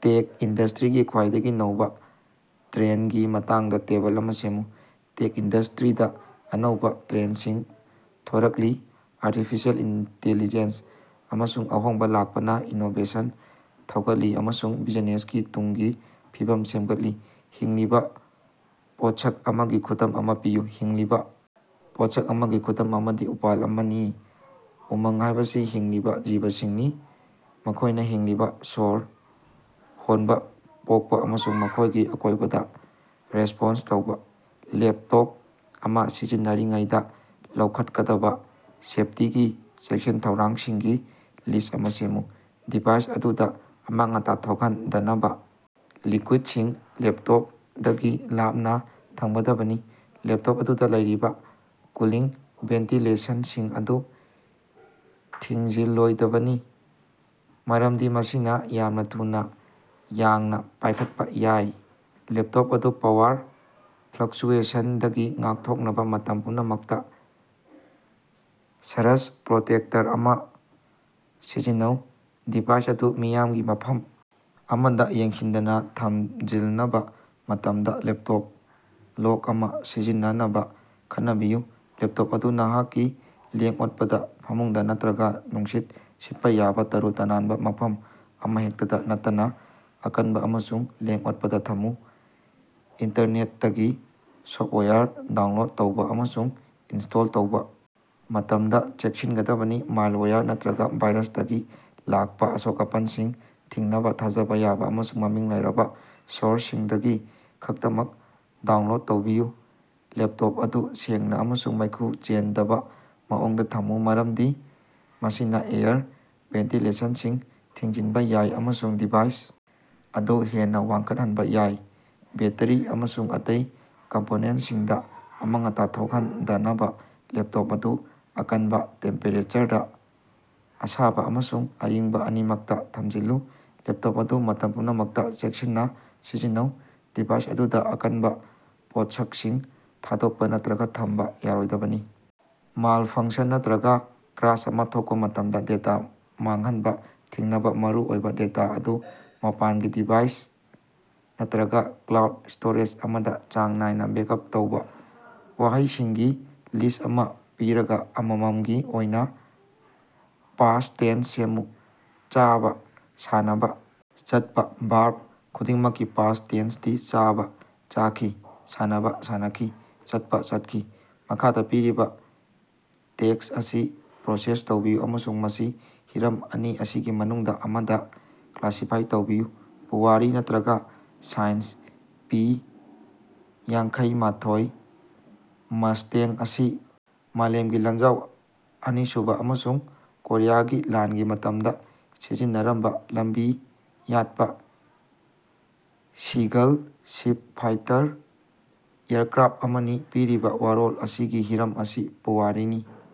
ꯇꯦꯛ ꯏꯟꯗꯁꯇ꯭ꯔꯤꯒꯤ ꯈ꯭ꯋꯥꯏꯗꯒꯤ ꯅꯧꯕ ꯇ꯭ꯔꯦꯟꯗꯒꯤ ꯃꯇꯥꯡꯗꯥ ꯇꯦꯕꯜ ꯑꯃ ꯁꯦꯝꯃꯨ꯫ ꯇꯦꯛ ꯏꯟꯗꯁꯇ꯭ꯔꯤꯗ ꯑꯅꯧꯕ ꯇ꯭ꯔꯦꯟꯗꯁꯤꯡ ꯊꯣꯔꯛꯂꯤ: ꯑꯥꯔꯇꯤꯐꯤꯁꯤꯌꯦꯜ ꯏꯟꯇꯤꯂꯤꯖꯦꯟꯁ ꯑꯃꯁꯨꯡ ꯑꯍꯣꯡꯕ ꯂꯥꯛꯄꯅ ꯏꯅꯣꯕꯦꯁꯟ ꯊꯧꯒꯠꯂꯤ ꯑꯃꯁꯨꯡ ꯕꯤꯖꯤꯅꯦꯁꯀꯤ ꯇꯨꯡꯒꯤ ꯐꯤꯕꯝ ꯁꯦꯝꯒꯠꯂꯤ꯫ ꯍꯤꯡꯂꯤꯕ ꯄꯣꯠꯁꯛ ꯑꯃꯒꯤ ꯈꯨꯗꯝ ꯑꯃ ꯄꯤꯌꯨ꯫ ꯍꯤꯡꯂꯤꯕ ꯄꯣꯠꯁꯛ ꯑꯃꯒꯤ ꯈꯨꯗꯝ ꯑꯃꯗꯤ ꯎꯄꯥꯜ ꯑꯃꯅꯤ꯫ ꯎꯃꯪ ꯍꯥꯢꯕꯁꯤ ꯍꯤꯡꯂꯤꯕ ꯖꯤꯕꯁꯤꯡꯅꯤ, ꯃꯈꯣꯢꯅ ꯍꯤꯡꯂꯤꯕ, ꯁꯣꯔ ꯍꯣꯟꯕ, ꯄꯣꯛꯄ ꯑꯃꯁꯨꯡ ꯃꯈꯣꯢꯒꯤ ꯑꯀꯣꯢꯕꯗ ꯔꯦꯁꯄꯣꯟꯁ ꯇꯧꯕ꯫ ꯂꯦꯞꯇꯣꯞ ꯑꯃ ꯁꯤꯖꯤꯟꯅꯔꯤꯉꯩꯗ ꯂꯧꯈꯠꯀꯗꯕ ꯁꯦꯐꯇꯤꯒꯤ ꯆꯦꯛꯁꯤꯟ-ꯊꯧꯔꯥꯡꯁꯤꯡꯒꯤ ꯂꯤꯁ꯭ꯠ ꯑꯃ ꯁꯦꯝꯃꯨ꯫ ꯗꯤꯚꯥꯏꯁ ꯑꯗꯨꯗ ꯑꯃꯥꯡ-ꯑꯇꯥ ꯊꯣꯛꯍꯟꯗꯅꯕ ꯂꯤꯛꯀꯨꯏꯗꯁꯤꯡ ꯂꯦꯞꯇꯣꯞꯗꯒꯤ ꯂꯥꯞꯅ ꯊꯝꯒꯗꯕꯅꯤ꯫ ꯂꯦꯞꯇꯣꯞ ꯑꯗꯨꯗ ꯂꯩꯔꯤꯕ ꯀꯨꯂꯤꯡ ꯚꯦꯟꯇꯤꯂꯦꯁꯟꯁꯤꯡ ꯑꯗꯨ ꯊꯤꯡꯖꯤꯜꯂꯣꯏꯗꯕꯅꯤ ꯃꯔꯝꯗꯤ ꯃꯁꯤꯅ ꯌꯥꯝꯅ ꯊꯨꯅ ꯌꯥꯡꯅ ꯄꯥꯢꯈꯠꯄ ꯌꯥꯏ꯫ ꯂꯦꯄꯇꯣꯞ ꯑꯗꯨ ꯄꯥꯋꯔ ꯐ꯭ꯂꯛꯆꯨꯌꯦꯁꯟꯗꯒꯤ ꯉꯥꯛꯊꯣꯛꯅꯕ ꯃꯇꯝ ꯄꯨꯝꯅꯃꯛꯇ ꯁꯔꯖ ꯄ꯭ꯔꯣꯇꯦꯛꯇꯔ ꯑꯃ ꯁꯤꯖꯤꯟꯅꯧ꯫ ꯗꯤꯚꯥꯏꯁ ꯑꯗꯨ ꯃꯤꯌꯥꯝꯒꯤ ꯃꯐꯝ ꯑꯃꯗ ꯌꯦꯡꯁꯤꯟꯗꯅ ꯊꯝꯖꯤꯜꯅꯕ ꯃꯇꯝꯗ ꯂꯦꯞꯇꯣꯞ ꯂꯣꯛ ꯑꯃ ꯁꯤꯖꯤꯟꯅꯅꯕ ꯈꯟꯅꯕꯤꯌꯨ꯫ ꯂꯦꯄꯇꯣꯞ ꯑꯗꯨ ꯅꯍꯥꯛꯀꯤ ꯂꯦꯡ-ꯑꯣꯠꯄꯗ, ꯐꯃꯨꯡꯗ ꯅꯠꯇ꯭ꯔꯒ ꯅꯨꯡꯁꯤꯠ ꯁꯤꯠꯄ ꯌꯥꯕ ꯇꯔꯨ-ꯇꯅꯥꯟꯕ ꯃꯐꯝ ꯑꯃꯍꯦꯛꯇꯗ ꯅꯠꯇꯅ ꯑꯀꯟꯕ ꯑꯃꯁꯨꯡ ꯂꯦꯡ-ꯑꯣꯠꯄꯗ ꯊꯝꯃꯨ꯫ ꯏꯟꯇꯔꯅꯦꯠꯇꯒꯤ ꯁꯣꯐꯋꯥꯌꯔ ꯗꯥꯎꯟꯂꯣꯗ ꯇꯧꯕ ꯑꯃꯁꯨꯡ ꯏꯟꯁ꯭ꯇꯣꯜ ꯇꯧꯕ ꯃꯇꯝꯗ ꯆꯦꯛꯁꯤꯟꯒꯗꯕꯅꯤ꯫ ꯃꯥꯏꯜꯋꯥꯌꯔ ꯅꯠꯇ꯭ꯔꯒ ꯚꯥꯏꯔꯁꯇꯒꯤ ꯂꯥꯛꯄ ꯑꯁꯣꯛ-ꯑꯄꯟꯁꯤꯡ ꯊꯤꯡꯅꯕ ꯊꯥꯖꯕ ꯌꯥꯕ ꯑꯃꯁꯨꯡ ꯃꯃꯤꯡ ꯂꯩꯔꯕ ꯁꯣꯔꯁꯁꯤꯡꯗꯒꯤ ꯈꯛꯇꯃꯛ ꯗꯥꯎꯟꯂꯣꯗ ꯇꯧꯕꯤꯌꯨ꯫ ꯂꯦꯄꯇꯣꯞ ꯑꯗꯨ ꯁꯦꯡꯅ ꯑꯃꯁꯨꯡ ꯃꯩꯈꯨ ꯆꯦꯟꯗꯕ ꯃꯑꯣꯡꯗ ꯊꯝꯃꯨ, ꯃꯔꯝꯗꯤ ꯃꯁꯤꯅ ꯑꯦꯌꯔ ꯚꯦꯟꯇꯤꯂꯦꯁꯟꯁꯤꯡ ꯊꯤꯡꯖꯤꯟꯕ ꯌꯥꯏ ꯑꯃꯁꯨꯡ ꯗꯤꯚꯥꯏꯁ ꯑꯗꯨ ꯍꯦꯟꯅ ꯋꯥꯡꯈꯠꯍꯟꯕ ꯌꯥꯏ꯫ ꯕꯦꯠꯇꯔꯤ ꯑꯃꯁꯨꯡ ꯑꯇꯩ ꯀꯝꯄꯣꯅꯦꯟꯇꯁꯤꯡꯗ ꯑꯃꯥꯡ-ꯑꯇꯥ ꯊꯣꯛꯍꯟꯗꯅꯕ ꯂꯦꯞꯇꯣꯞ ꯑꯗꯨ ꯑꯀꯟꯕ ꯇꯦꯝꯄꯦꯔꯦꯆꯔꯗ, ꯑꯁꯥꯕ ꯑꯃꯁꯨꯡ ꯑꯏꯪꯕ ꯑꯅꯤꯃꯛꯇ ꯊꯝꯖꯤꯜꯂꯨ꯫ ꯂꯦꯞꯇꯣꯞ ꯑꯗꯨ ꯃꯇꯝ ꯄꯨꯝꯅꯃꯛꯇ ꯆꯦꯛꯁꯤꯟꯅ ꯁꯤꯖꯤꯟꯅꯧ꯫ ꯗꯤꯚꯥꯏꯁ ꯑꯗꯨꯗꯥ ꯑꯀꯟꯕ ꯄꯣꯠꯁꯛꯁꯤꯡ ꯊꯥꯗꯣꯛꯄ ꯅꯠꯇ꯭ꯔꯒ ꯊꯝꯕ ꯌꯥꯔꯣꯏꯗꯕꯅꯤ꯫ ꯃꯥꯜꯐꯪꯁꯟ ꯅꯠꯇ꯭ꯔꯒ ꯀ꯭ꯔꯥꯁ ꯑꯃ ꯊꯣꯛꯄ ꯃꯇꯝꯗ ꯗꯦꯇꯥ ꯃꯥꯡꯍꯟꯕ ꯊꯤꯡꯅꯕ ꯃꯔꯨꯑꯣꯏꯕ ꯗꯦꯇꯥ ꯑꯗꯨ ꯃꯄꯥꯟꯒꯤ ꯗ꯭ꯔꯥꯏꯚ ꯅꯠꯇ꯭ꯔꯒ ꯀ꯭ꯂꯥꯎꯗ ꯁ꯭ꯇꯣꯔꯦꯖ ꯑꯃꯗ ꯆꯥꯡ ꯅꯥꯏꯅ ꯕꯦꯛꯑꯞ ꯇꯧꯕ꯫ ꯋꯥꯍꯩꯁꯤꯡꯒꯤ ꯂꯤꯁ꯭ꯠ ꯑꯃ ꯄꯤꯔꯒ, ꯑꯃꯃꯝꯒꯤ ꯑꯣꯏꯅ ꯄꯥꯁꯠ ꯇꯦꯟꯁ ꯁꯦꯝꯃꯨ꯫ ꯆꯥꯕ, ꯁꯥꯟꯅꯕ, ꯆꯠꯄ꯫ ꯚꯔꯕ ꯈꯨꯗꯤꯡꯃꯛꯀꯤ ꯄꯥꯁꯠ ꯇꯦꯟꯁꯗꯤ: ꯆꯥꯕ: ꯆꯥꯈꯤ, ꯁꯥꯟꯅꯕ: ꯁꯥꯟꯅꯈꯤ, ꯆꯠꯄ: ꯆꯠꯈꯤ꯫ ꯃꯈꯥꯗ ꯄꯤꯔꯤꯕ ꯇꯦꯛꯁ ꯑꯁꯤ ꯄ꯭ꯔꯣꯁꯦꯁ ꯇꯧꯕꯤꯌꯨ ꯑꯃꯁꯨꯡ ꯃꯁꯤ ꯍꯤꯔꯝ ꯑꯅꯤ ꯑꯁꯤꯒꯤ ꯃꯅꯨꯡꯗ ꯑꯃꯗ ꯀ꯭ꯂꯥꯁꯤꯐꯥꯏ ꯇꯧꯕꯤꯌꯨ: ꯄꯨꯋꯥꯔꯤ ꯅꯠꯇ꯭ꯔꯒ ꯁꯥꯏꯟꯁ꯫ ꯄꯤ- ꯌꯥꯡꯈꯩꯃꯥꯊꯣꯏ ꯃꯁꯇꯦꯡ ꯑꯁꯤ ꯃꯥꯂꯦꯝꯒꯤ ꯂꯥꯟꯖꯥꯎ ꯑꯅꯤꯁꯨꯕ ꯑꯃꯁꯨꯡ ꯀꯣꯔꯤꯌꯥꯒꯤ ꯂꯥꯟꯒꯤ ꯃꯇꯝꯗ ꯁꯤꯖꯤꯟꯅꯔꯝꯕ ꯂꯝꯕꯤ ꯌꯥꯠꯄ ꯁꯤꯒꯜ ꯁꯤꯠ ꯐꯥꯏꯇꯔ ꯑꯦꯌꯔꯀ꯭ꯔꯥꯐ ꯑꯃꯅꯤ꯫ ꯄꯤꯔꯤꯕ ꯋꯥꯔꯣꯜ ꯑꯁꯤꯒꯤ ꯍꯤꯔꯝ ꯑꯁꯤ ꯄꯨꯋꯥꯔꯤꯅꯤ꯫